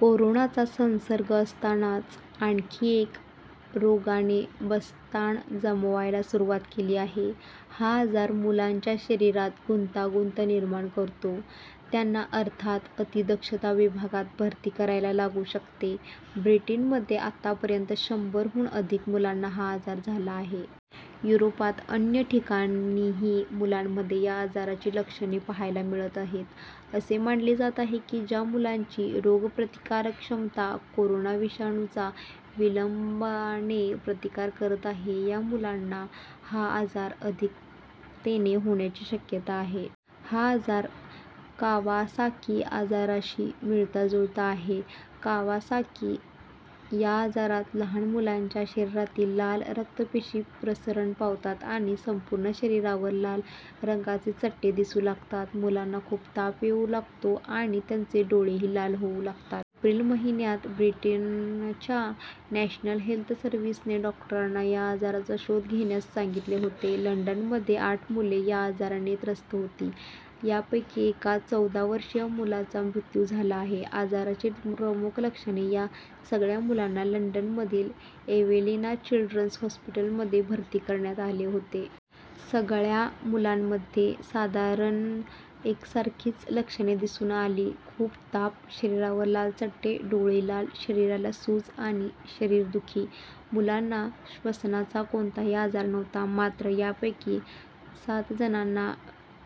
कोरोनाचा संसर्ग असतानाच आणखी एका रोगाने बस्तान जमवायला सुरुवात केली आहे. हा आजार मुलांच्या शरीरात गुंतागुंत निर्माण करतो. त्यांना अर्थात अतिदक्षता विभागात भरती करायला लागू शकते. ब्रिटनमध्ये आतापर्यंत शंभरहून अधिक मुलांना हा आजार झाला आहे. युरोपात अन्य ठिकाणीही मुलांमध्ये या आजाराची लक्षणे पाहायला मिळत आहेत. असे मानले जात आहे की, ज्या मुलांची रोगप्रतिकारक क्षमता कोरोना विषाणूचा विलंबाने प्रतिकार करत आहे या मुलांना हा आजार अधिकतेने होण्याची शक्यता आहे. हा आजार कावासाकी आजाराशी मिळताजुळता आहे. कावासाकी या आजारात लहान मुलांच्या शरीरातील लाल रक्तपेशी प्रसरण पावतात आणि संपूर्ण शरीरावर लाल रंगाचे चट्टे दिसू लागतात. मुलांना खूप ताप येऊ लागतो आणि त्यांचे डोळेही लाल होऊ लागतात. एप्रिल महिन्यात ब्रिटनच्या नॅशनल हेल्थ सर्व्हिसने डॉक्टरांना या आजाराचा शोध घेण्यास सांगितले होते. लंडनमध्ये आठ मुले या आजाराने त्रस्त होती. यापैकी एका चौदावर्षीय मुलाचा मृत्यू झाला आहे. आजाराची प्रमुख लक्षणे - या सगळ्या मुलांना लंडनमधील एवेलिना चिल्ड्रन्स हॉस्पिटलमध्ये भरती करण्यात आले होते. सगळ्या मुलांमध्ये साधारण एकसारखीच लक्षणे दिसून आली- खूप ताप, शरीरावर लाल चट्टे, डोळे लाल, शरीराला सूज आणि शरीरदुखी. मुलांना श्वसनाचा कोणताही आजार नव्हता. मात्र यांच्यापैकी सातजणांना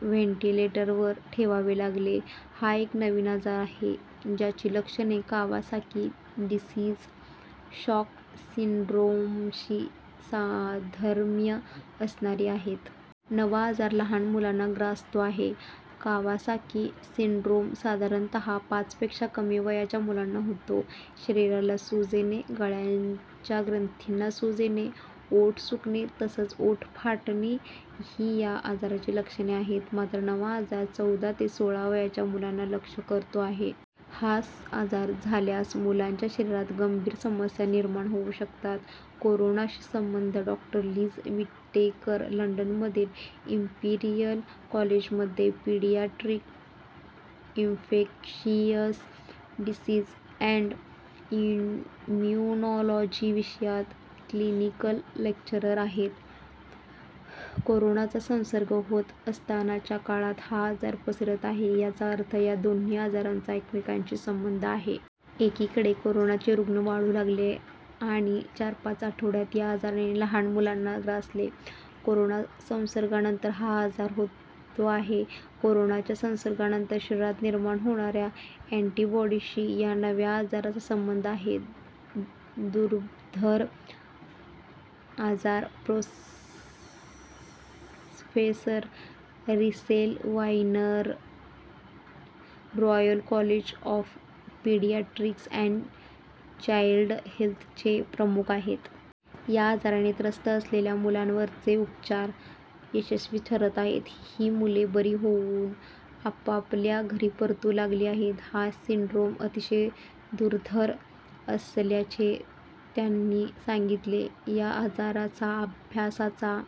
व्हेंटिलेटरवर ठेवावे लागले. हा एक नवीन आजार आहे, ज्याची लक्षणे कावासाकी डिसीज शॉक सिंड्रोमशी साधर्म्य असणारी आहेत. नवा आजार लहान मुलांना ग्रासतो आहे. कावासाकी सिंड्रोम साधारणतः पाचपेक्षा कमी वयाच्या मुलांना होतो. शरीराला सूज येणे, गळ्याच्या ग्रंथींना सूज येणे, ओठ सुकणे तसंच ओठ फाटणे ही या आजाराची लक्षणे आहेत. मात्र नवा आजार चौदा ते सोळा वयाच्या मुलांना लक्ष्य करतो आहे. हा आजार झाल्यास मुलांच्या शरीरात गंभीर समस्या निर्माण होऊ शकतात. कोरोनाशी संबंध - डॉक्टर लिज विटेकर लंडनमधील इंपीरियल कॉलेजमध्ये paediatric infectious disease and immunology विषयात क्लिनिकल लेक्चरर आहेत. कोरोनाचा संसर्ग होत असतानाच्या काळात हा आजार पसरत आहे याचा अर्थ या दोन्ही आजारांचा एकमेकांशी संबंध आहे. एकीकडे कोरोनाचे रुग्ण वाढू लागले आणि चार-पाच आठवड्यात या आजाराने लहान मुलांना ग्रासले. कोरोना संसर्गानंतर हा आजार होतो आहे. कोरोनाच्या संसर्गानंतर शरीरात निर्माण होणाऱ्या अँटिबॉडीशी या नव्या आजाराचा संबंध आहे. दुर्धर आजार - professor Russell Viner Royal College of Paediatrics and Child हेल्थचे प्रमुख आहेत. या आजाराने त्रस्त असलेल्या मुलांवरचे उपचार यशस्वी ठरत आहेत. ही मुले बरी होऊन आपापल्या घरी परतू लागली आहेत. हा सिंड्रोम अतिशय दुर्धर असल्याचे त्यांनी सांगितले. या आजाराचा अभ्यासाचा